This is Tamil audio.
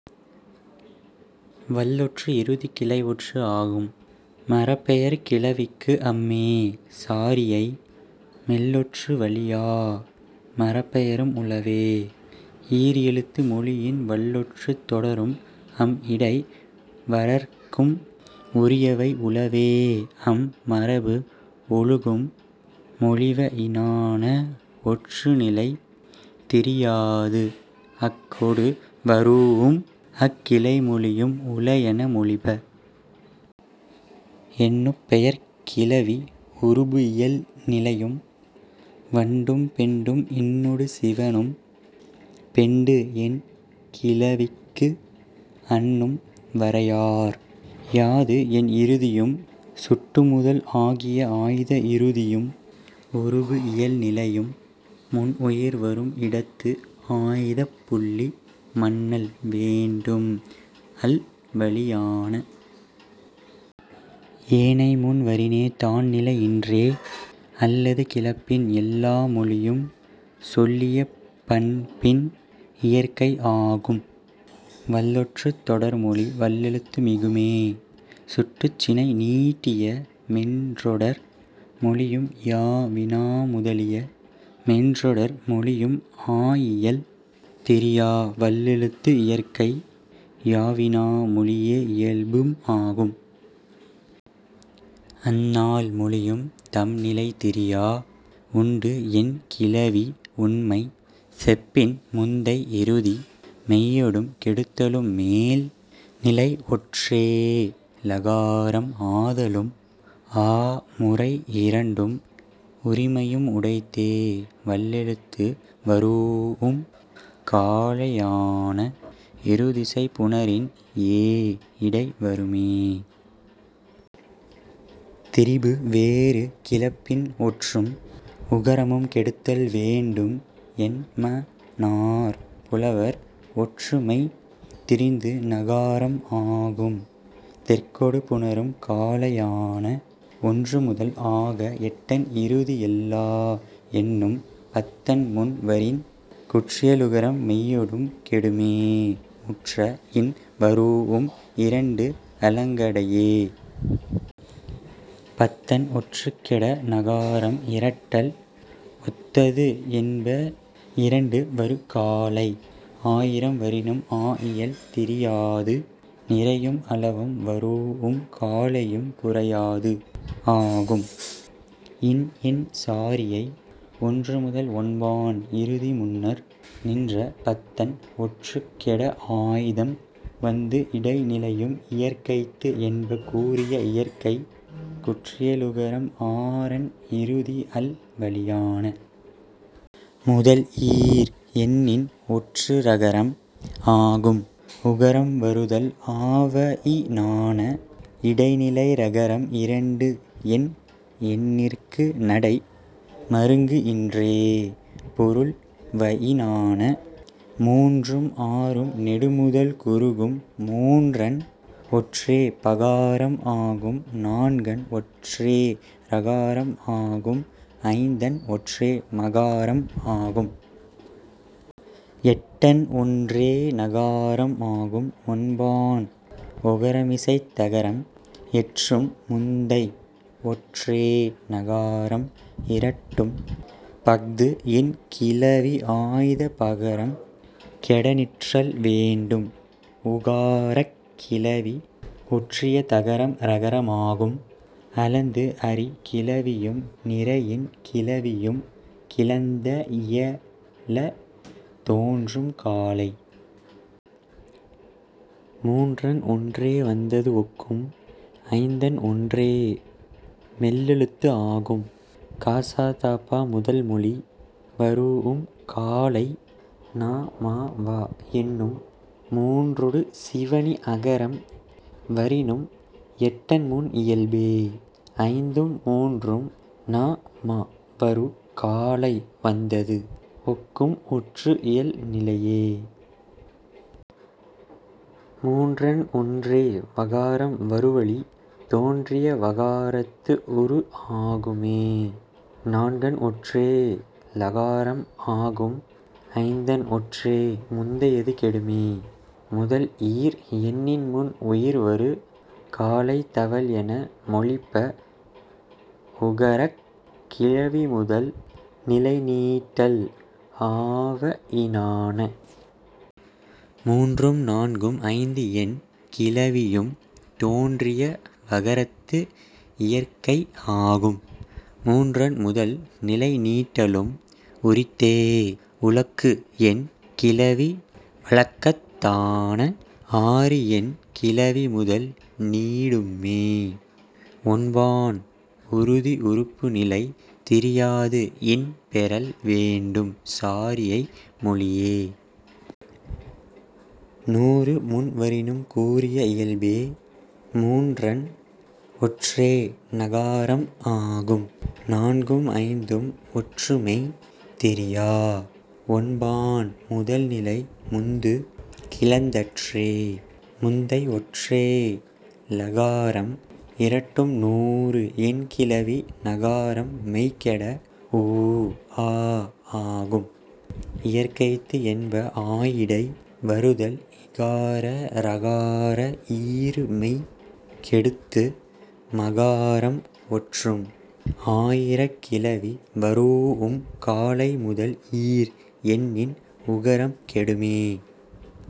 வல்லொற்று இறுதி கிளை ஒற்று ஆகும். மரப்பெயர்க் கிளவிக்கு அம்மே சாரியை. -- மெல்லொற்று வலியா மரப்பெயரும் உளவே. ஈர் எழுத்து மொழியும் வல்லொற்றுத் தொடரும் அம் இடை வரற்கும் உரியவை உளவே அம் மரபு ஒழுகும் மொழிவயினான ஒற்று நிலை திரியாது அக்கொடு வரூஉம் அக் கிளைமொழியும் உள என மொழிப. எண்ணுப்பெயர்க் கிளவி உருபு இயல் நிலையும். வண்டும் பெண்டும் இன்னொடு சிவணும். பெண்டு என் கிளவிக்கு அன்னும் வரையார். யாது என் இறுதியும் சுட்டு முதல் ஆகிய ஆய்த இறுதியும் உருபு இயல் நிலையும். முன் உயிர் வரும் இடத்து ஆய்தப் புள்ளி மன்னல் வேண்டும் அல்வழியான. ஏனை முன் வரினே தான் நிலை இன்றே. அல்லது கிளப்பின் எல்லா மொழியும் சொல்லிய பண்பின் இயற்கை ஆகும். வல்லொற்றுத் தொடர்மொழி வல்லெழுத்து மிகுமே. சுட்டுச் சினை நீடிய மென்றொடர் மொழியும் யா வினா முதலிய மென்றொடர் மொழியும் ஆயியல் திரியா வல்லெழுத்து இயற்கை. யா வினா மொழியே இயல்பும் ஆகும். அந் நால் மொழியும் தம் நிலை திரியா. உண்டு என் கிளவி உண்மை செப்பின் முந்தை இறுதி மெய்யொடும் கெடுதலும் மேல் நிலை ஒற்றே ளகாரம் ஆதலும் ஆ முறை இரண்டும் உரிமையும் உடைத்தே வல்லெழுத்து வரூஉம் காலையான. இரு திசை புணரின் ஏ இடை வருமே. திரிபு வேறு கிளப்பின் ஒற்றும் உகரமும் கெடுதல் வேண்டும் என்மனார் புலவர் ஒற்று மெய் திரிந்து னகாரம் ஆகும் தெற்கொடு புணரும் காலையான. ஒன்று முதல் ஆக எட்டன் இறுதி எல்லா எண்ணும் பத்தன் முன் வரின் குற்றியலுகரம் மெய்யொடும் கெடுமே முற்ற இன் வரூஉம் இரண்டு அலங்கடையே. பத்தன் ஒற்றுக் கெட னகாரம் இரட்டல் ஒத்தது என்ப இரண்டு வரு காலை. ஆயிரம் வரினும் ஆயியல் திரியாது. நிறையும் அளவும் வரூஉம் காலையும் குறையாது ஆகும் இன் என் சாரியை. ஒன்று முதல் ஒன்பான் இறுதி முன்னர் நின்ற பத்தன் ஒற்றுக் கெட ஆய்தம் வந்து இடை நிலையும் இயற்கைத்து என்ப கூறிய இயற்கை குற்றியலுகரம் ஆறன் இறுதி அல் வழியான. முதல் ஈர் எண்ணின் ஒற்று ரகரம் ஆகும் உகரம் வருதல் ஆவயினான. இடை நிலை ரகரம் இரண்டு என் எண்ணிற்கு நடை மருங்கு இன்றே பொருள்வயினான. மூன்றும் ஆறும் நெடு முதல் குறுகும் மூன்றன் ஒற்றே பகாரம் ஆகும். நான்கன் ஒற்றே றகாரம் ஆகும். ஐந்தன் ஒற்றே மகாரம் ஆகும். எட்டன் ஒற்றே ணகாரம் ஆகும். ஒன்பான் ஒகரமிசைத் தகரம் ஒற்றும் முந்தை ஒற்றே ணகாரம் இரட்டும் பஃது என் கிளவி ஆய்த பகரம் கெட நிற்றல் வேண்டும் ஊகாரக் கிளவி ஒற்றிய தகரம் றகரம் ஆகும். அளந்து அறி கிளவியும் நிறையின் கிளவியும் கிளந்த இயல தோன்றும் காலை. மூன்றன் ஒற்றே வந்தது ஒக்கும். ஐந்தன் ஒற்றே மெல்லெழுத்து ஆகும். க ச த ப முதல் மொழி வரூஉம் காலை. ந ம வ என்னும் மூன்றொடு சிவணி அகரம் வரினும் எட்டன் முன் இயல்பே. ஐந்தும் மூன்றும் ந ம வரு காலை வந்தது ஒக்கும் ஒற்று இயல் நிலையே. மூன்றன் ஒற்றே வகாரம் வரு வழி தோன்றிய வகாரத்து உரு ஆகும்மே. நான்கன் ஒற்றே லகாரம் ஆகும். ஐந்தன் ஒற்றே முந்தையது கெடுமே. முதல் ஈர் எண்ணின் முன் உயிர் வரு காலை தவல் என மொழிப உகரக் கிளவி முதல் நிலை நீடல் ஆவயினான. மூன்றும் நான்கும் ஐந்து என் கிளவியும் தோன்றிய வகரத்து இயற்கை ஆகும். மூன்றன் முதல் நிலை நீடலும் உரித்தே உழக்கு என் கிளவி வழக்கத்தான. ஆறு என் கிளவி முதல் நீடும்மே. ஒன்பான் இறுதி உருபு நிலை திரியாது இன் பெறல் வேண்டும் சாரியை மொழியே. நூறு முன் வரினும் கூறிய இயல்பே. மூன்றன் ஒற்றே நகாரம் ஆகும். நான்கும் ஐந்தும் ஒற்று மெய் திரியா. ஒன்பான் முதல் நிலை முந்து கிளந்தற்றே முந்தை ஒற்றே ளகாரம் இரட்டும் நூறு என் கிளவி நகாரம் மெய் கெட ஊ ஆ ஆகும் இயற்கைத்து என்ப ஆயிடை வருதல் இகார ரகாரம் ஈறு மெய் கெடுத்து மகாரம் ஒற்றும். ஆயிரக் கிளவி வரூஉம் காலை முதல் ஈர் எண்ணின் உகரம் கெடுமே.